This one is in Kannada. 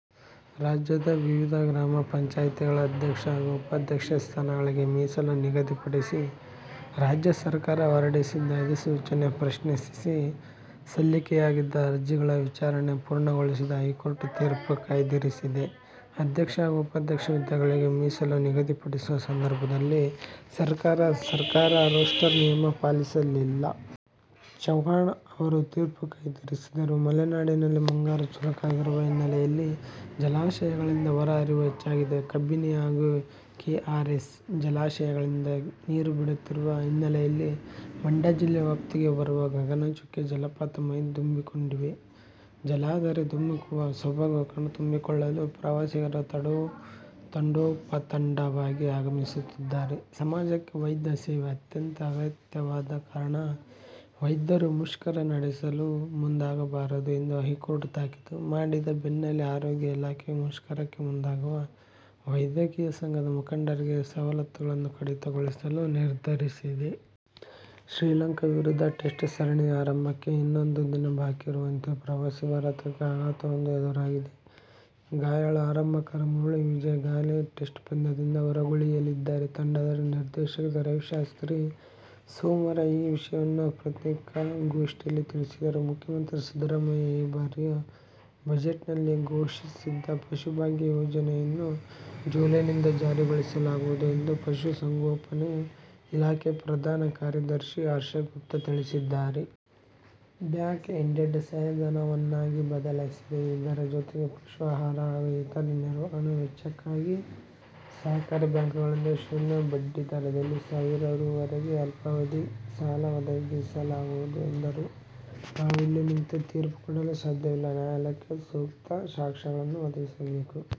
ರಾಜ್ಯದ ವಿವಿಧ ಗ್ರಾಮ ಪಂಚಾಯ್ತಿಗಳ ಅಧ್ಯಕ್ಷ ಹಾಗೂ ಉಪಾಧ್ಯಕ್ಷ ಸ್ಥಾನಗಳಿಗೆ ಮೀಸಲು ನಿಗದಿಪಡಿಸಿ ರಾಜ್ಯ ಸರ್ಕಾರ ಹೊರಡಿಸಿದ್ದ ಅಧಿಸೂಚನೆ ಪ್ರಶ್ನಿಸಿ ಸಲ್ಲಿಕೆಯಾಗಿದ್ದ ಅರ್ಜಿಗಳ ವಿಚಾರಣೆ ಪೂರ್ಣಗೊಳಿಸಿದ ಹೈಕೋರ್ಟ್ ತೀರ್ಪು ಕಾಯ್ದಿರಿಸಿದೆ. ಅಧ್ಯಕ್ಷ ಹಾಗೂ ಉಪಾಧ್ಯಕ್ಷ ಹುದ್ದೆಗಳಿಗೆ ಮೀಸಲು ನಿಗದಿಪಡಿಸುವ ಸಂದರ್ಭದಲ್ಲಿ ಸರ್ಕಾರ ರೋಸ್ಟರ್ ನಿಯಮ ಪಾಲಿಸಿಲ್ಲ. ಚೌಹಾಣ್ ಅವರು ತೀರ್ಪು ಕಾಯ್ದಿರಿಸಿದರು. ಮಲೆನಾಡಲ್ಲಿ ಮುಂಗಾರು ಚುರುಕಾಗಿರುವ ಹಿನ್ನೆಲೆಯಲ್ಲಿ ಜಲಾಶಯಗಳಿಂದ ಹೊರಹರಿವು ಹೆಚ್ಚಾಗಿದೆ. ಕಬಿನಿ ಹಾಗೂ ಕೆಆರ್ಎಸ್ ಜಲಾಶಯಗಳಿಂದ ನೀರು ಬಿಡುತ್ತಿರುವ ಹಿನ್ನೆಲೆಯಲ್ಲಿ ಮಂಡ್ಯ ಜಿಲ್ಲಾ ವ್ಯಾಪ್ತಿಗೆ ಬರುವ ಗಗನಚುಕ್ಕಿ ಜಲಪಾತ ಮೈದುಂಬಿಕೊಂಡಿವೆ. ಜಲಧಾರೆ ಧುಮ್ಮಿಕ್ಕುವ ಸೊಬಗು ಕಣ್ತುಂಬಿಕೊಳ್ಳಲು ಪ್ರವಾಸಿಗರು ತಂಡೋಪತಂಡವಾಗಿ ಆಗಮಿಸುತ್ತಿದ್ದಾರೆ. ಸಮಾಜಕ್ಕೆ ವೈದ್ಯ ಸೇವೆ ಅತ್ಯಂತ ಅಗತ್ಯವಾದ ಕಾರಣ ವೈದ್ಯರು ಮುಷ್ಕರ ನಡೆಸಲು ಮುಂದಾಗಬಾರದು ಎಂದು ಹೈಕೋರ್ಟ್ ತಾಕೀತು ಮಾಡಿದ ಬೆನ್ನಲ್ಲೇ ಆರೋಗ್ಯ ಇಲಾಖೆಯು ಮುಷ್ಕರಕ್ಕೆ ಮುಂದಾಗುವ ವೈದ್ಯಕೀಯ ಸಂಘದ ಮುಖಂಡರಿಗೆ ಸವಲತ್ತುಗಳನ್ನು ಕಡಿತಗೊಳಿಸಲು ನಿರ್ಧರಿಸಿದೆ. ಶ್ರೀಲಂಕಾ ವಿರುದ್ಧದ ಟೆಸ್ಟ್ ಸರಣಿಯ ಆರಂಭಕ್ಕೆ ಇನ್ನೊಂದೇ ದಿನ ಬಾಕಿ ಇರುವಂತೆಯೇ ಪ್ರವಾಸಿ ಭಾರತಕ್ಕೆ ಆಘಾತವೊಂದು ಎದುರಾಗಿದೆ. ಗಾಯಾಳು ಆರಂಭಕಾರ ಮುರಳಿ ವಿಜಯ್ ಗಾಲೆ ಟೆಸ್ಟ್ ಪಂದ್ಯದಿಂದ ಹೊರಗುಳಿಯಲಿದ್ದಾರೆ. ತಂಡದ ನಿರ್ದೇಶಕ ರವಿ ಶಾಸ್ತ್ರಿ ಸೋಮವಾರ ಈ ವಿಷಯವನ್ನು ಪತ್ರಿಕಾಗೋಷ್ಠಿಯಲ್ಲಿ ತಿಳಿಸಿದರು. ಮುಖ್ಯಮಂತ್ರಿ ಸಿದ್ದರಾಮಯ್ಯ ಈ ಬಾರಿಯ ಬಜೆಟ್ನಲ್ಲಿ ಘೋಷಿಸಿದ್ದ ಪಶುಭಾಗ್ಯ ಯೋಜನೆಯನ್ನು ಜುಲೈನಿಂದ ಜಾರಿಗೊಳಿಸಲಾಗುವುದು ಎಂದು ಪಶುಸಂಗೋಪನೆ ಇಲಾಖೆ ಪ್ರಧಾನ ಕಾರ್ಯದರ್ಶಿ ಹರ್ಷಗುಪ್ತಾ ತಿಳಿಸಿದ್ದಾರೆ. ಬ್ಯಾಕ್ಎಂಡೆಡ್ ಸಹಾಯಧನವನ್ನಾಗಿ ಬದಲಾಯಿಸಿದೆ. ಇದರ ಜೊತೆಗೆ ಪಶು ಆಹಾರ ಹಾಗೂ ಇತರೆ ನಿರ್ವಹಣೆ ವೆಚ್ಚಕ್ಕಾಗಿ ಸಹಕಾರಿ ಬ್ಯಾಂಕುಗಳಿಂದ ಶೂನ್ಯ ಬಡ್ಡಿ ದರದಲ್ಲಿ ಸಾವಿರ ರೂ. ವರೆಗೆ ಅಲ್ಪಾವಧಿ ಸಾಲ ಒದಗಿಸಲಾಗುವುದು ಎಂದರು. 'ನಾವು ಇಲ್ಲಿ ನಿಂತು ತೀರ್ಪು ಕೊಡಲು ಸಾಧ್ಯವಿಲ್ಲ. ನ್ಯಾಯಾಲಯಕ್ಕೆ ಸೂಕ್ತ ಸಾಕ್ಷ್ಯಗಳನ್ನು ಒದಗಿಸಬೇಕು.